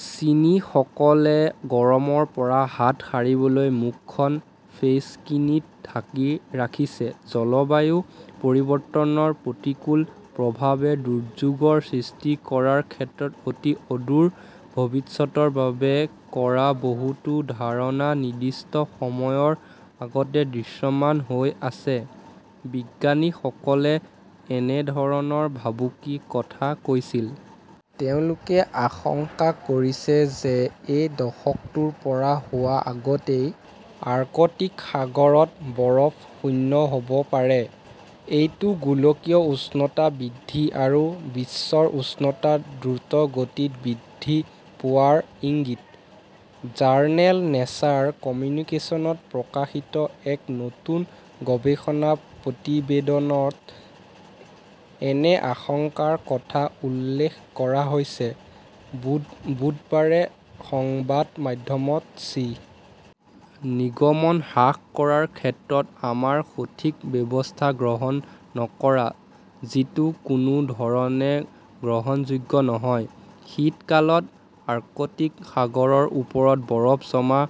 "চীনীসকলে গৰমৰ পৰা হাত সাৰিবলৈ মুখখন 'ফেইচকিনি'ত ঢাকি ৰাখিছে জলবায়ু পৰিৱৰ্তনৰ প্ৰতিকূল প্ৰভাৱে দুৰ্যোগৰ সৃষ্টি কৰাৰ ক্ষেত্ৰত অতি অদূৰ ভৱিষ্যতৰ বাবে কৰা বহুতো ধাৰণা নিৰ্দিষ্ট সময়ৰ আগতে দৃশ্যমান হৈ আছে। বিজ্ঞানীসকলে একেধৰণৰ ভাবুকিৰ কথা কৈছিল। তেওঁলোকে আশংকা কৰিছে যে এই দশকটো পাৰ হোৱাৰ আগতেই আৰ্কটিক সাগৰত বৰফ শূন্য হ'ব পাৰে। এইটো গোলকীয় উষ্ণতা বৃদ্ধি আৰু বিশ্বৰ উষ্ণতা দ্ৰুতগতিত বৃদ্ধি পোৱাৰ ইংগিত। জাৰ্নেল নেচাৰ কমিউনিকেশ্বনত প্ৰকাশিত এক নতুন গৱেষণা প্ৰতিবেদনত এনে আশংকাৰ কথা উল্লেখ কৰা হৈছে ", বুধবাৰে সংবাদ মাধ্যম চি. নিৰ্গমন হ্ৰাস কৰাৰ ক্ষেত্ৰত আমাৰ সঠিক ব্যৱস্থা গ্ৰহণ নকৰা, যিটো কোনো ধৰণে গ্ৰহণযোগ্য নহয়। "শীতকালত আৰ্কটিক সাগৰৰ ওপৰত বৰফ জমা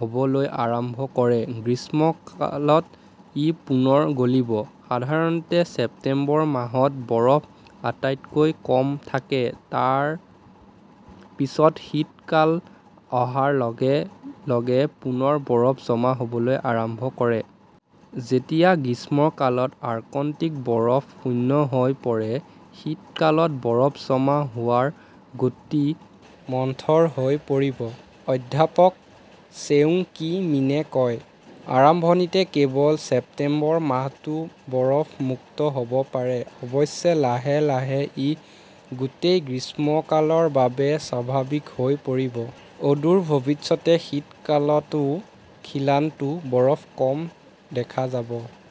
হ'বলৈ আৰম্ভ কৰে। গ্ৰীষ্মকালত ই পুনৰ গলিব। সাধাৰণতে, ছেপ্টেম্বৰ মাহত বৰফ আটাইতকৈ কম থাকে আৰু তাৰ পিছত শীতকাল অহাৰ লগে লগে পুনৰ বৰফ জমা হ'বলৈ আৰম্ভ কৰে। "যেতিয়া গ্ৰীষ্মকালত আৰ্কনটিক বৰফ শূন্য হৈ পৰে, শীতকালত বৰফ জমা হোৱাৰ গতি মন্থৰ হৈ পৰিব", অধ্যাপক ছেউং-কি মিনে কয়। আৰম্ভণিতে কেৱল ছেপ্টেম্বৰ মাহটোহে বৰফ-মুক্ত হ'ব পাৰে। অৱশ্যে, লাহে লাহে ই গোটেই গ্ৰীষ্মকালৰ বাবে স্বাভাৱিক হৈ পৰিব। অদূৰ ভৱিষ্যতে শীতকালতও খিলানটোত বৰফ কম দেখা যাব।